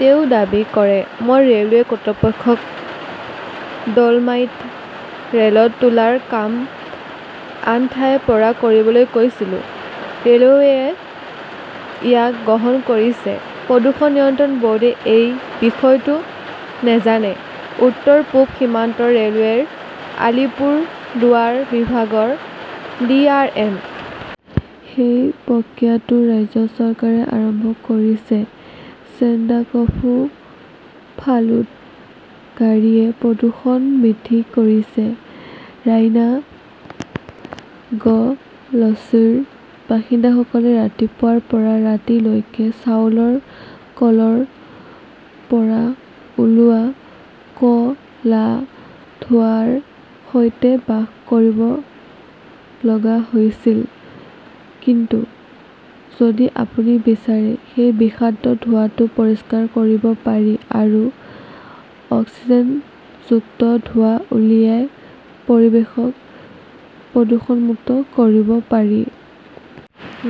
তেওঁ দাবী কৰে, "মই ৰেলৱে কৰ্তৃপক্ষক ডল'মাইট ৰেলত তোলাৰ কাম আন ঠাইৰ পৰা কৰিবলৈ কৈছিলোঁ। ৰেলৱেয়ে ইয়াক গ্ৰহণ কৰিছে। "প্ৰদূষণ নিয়ন্ত্ৰণ বৰ্ডে এই বিষয়টো নাজানে", উত্তৰ-পূব সীমান্ত ৰেলৱেৰ আলিপুৰদুৱাৰ বিভাগৰ ডি. আৰ. এম. সেই প্ৰক্ৰিয়াটো ৰাজ্য চৰকাৰে আৰম্ভ কৰিছে। চেণ্ডাকফু-ফালুত গাড়ীয়ে প্ৰদূষণ বৃদ্ধি কৰিছে । ৰাইনা, গ 'লছিৰ বাসিন্দাসকলে ৰাতিপুৱাৰ পৰা ৰাতি লৈকে চাউলৰ কলৰ পৰা ওলোৱা ক' লা ধোঁৱাৰ সৈতে বাস কৰিব লগা হৈছিল। কিন্তু যদি আপুনি বিচাৰে, সেই বিষাক্ত ধোঁৱাটো পৰিষ্কাৰ কৰিব পাৰি আৰু অক্সিজেনযুক্ত ধোঁৱা উলিয়াই পৰিৱেশক প্ৰদুষণমূক্ত কৰিব পাৰি।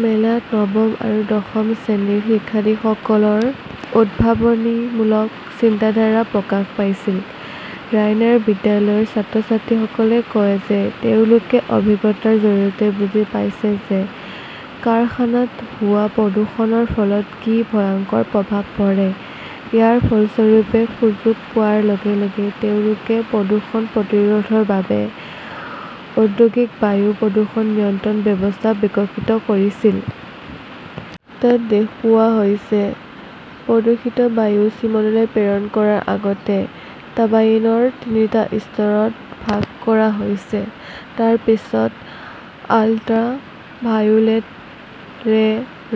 মেলাত নৱম আৰু দশম শ্ৰেণীৰ শিক্ষাৰ্থীসকলৰ উদ্ভাৱনীমূলক চিন্তাধাৰা প্ৰকাশ পাইছিল। ৰাইনাৰ বিদ্যালয়ৰ ছাত্ৰ-ছাত্ৰীসকলে কয় যে, তেওঁলোকে অভিজ্ঞতাৰ জৰিয়তে বুজি পাইছে যে, কাৰখানাত হোৱা প্ৰদূষণৰ ফলত কি ভয়ংকৰ প্ৰভাৱ পৰে। ইয়াৰ ফলস্বৰূপে সুযোগ পোৱাৰ লগে লগে তেওঁলোকে প্ৰদূষণ প্ৰতিৰোধৰ বাবে "ঔদ্যোগিক বায়ু প্ৰদূষণ নিয়ন্ত্ৰণ ব্যৱস্থা" বিকশিত কৰিছিল। তাত দেখুওৱা হৈছে, প্ৰদূষিত বায়ু চিমনীলৈ প্ৰেৰণ কৰাৰ আগতে টাৰ্বাইনৰ তিনিটা স্তৰত ভাগ কৰা হৈছে। তাৰ পিছত 'আল্ট্ৰা ভায়োলেট ৰে"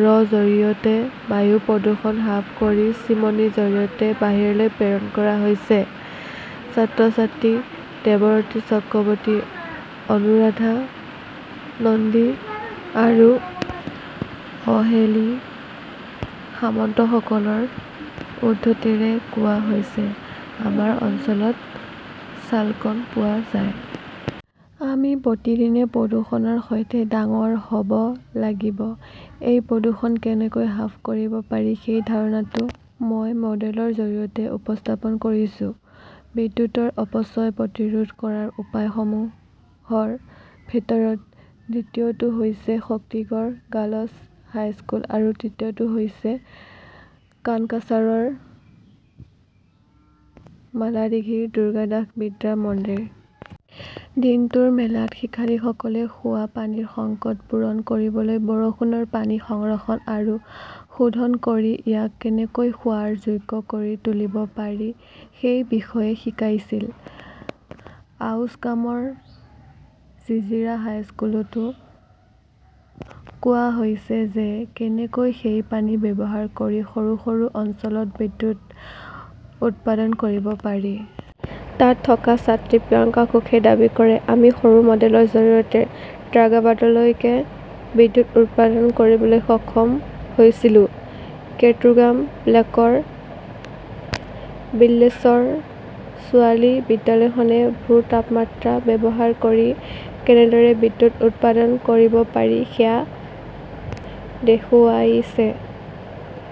ৰ জৰিয়তে বায়ু প্ৰদূষণ হ্ৰাস কৰি চিমনীৰ জৰিয়তে বাহিৰলৈ প্ৰেৰণ কৰা হৈছে। ছাত্ৰ-ছাত্ৰী দেৱৰতী চক্ৰৱৰ্তী, অনুৰাধা নন্দী আৰু অহেলি সামন্তসকলৰ উদ্ধৃতিৰে কোৱা হৈছে, "আমাৰ অঞ্চলত চালকল পোৱা যায়। আমি প্ৰতিদিনে প্ৰদূষণৰ সৈতে ডাঙৰ হ 'ব লাগিব। এই প্ৰদূষণ কেনেকৈ হ্ৰাস কৰিব পাৰি সেই ধাৰণাটো মই মডেলৰ জৰিয়তে উপস্থাপন কৰিছো। "বিদ্যুৎৰ অপচয় প্ৰতিৰোধ কৰাৰ উপায়সমূহৰ ভিতৰত দ্বিতীয়টো হৈছে শক্তিগড় গাৰ্লছ হাইস্কুল আৰু তৃতীয়টো হৈছে কানকাছাৰৰ মালাণ্ডিঘিৰ দুৰ্গাদাস বিদ্যা মন্দিৰ। দিনটোৰ মেলাত শিক্ষাৰ্থীসকলে খোৱা পানীৰ সংকট পূৰণ কৰিবলৈ বৰষুণৰ পানী সংৰক্ষণ আৰু শোধন কৰি ইয়াক কেনেকৈ খোৱাৰ যোগ্য কৰি তুলিব পাৰি সেই বিষয়ে শিকাইছিল। আউছগ্ৰামৰ জিজিৰা হাইস্কুলতো কোৱা হৈছে যে, কেনেকৈ সেই পানী ব্যৱহাৰ কৰি সৰু সৰু অঞ্চলত বিদ্যুৎ উৎপাদন কৰিব পাৰি। তাত থকা ছাত্ৰী প্ৰিয়ংকা ঘোষে দাবী কৰে, "আমি সৰু মডেলৰ জৰিয়তে ট্ৰেগাৱাটলৈকে বিদ্যুৎ উৎপাদন কৰিবলৈ সক্ষম হৈছিলো"। কেটুগ্ৰাম ব্লকৰ বিল্লেশ্বৰ ছোৱালী বিদ্যালয়খনে ভূ-তাপমাত্ৰা ব্যৱহাৰ কৰি কেনেদৰে বিদ্যুৎ উৎপাদন কৰিব পাৰি সেয়া দেখুৱাইছে।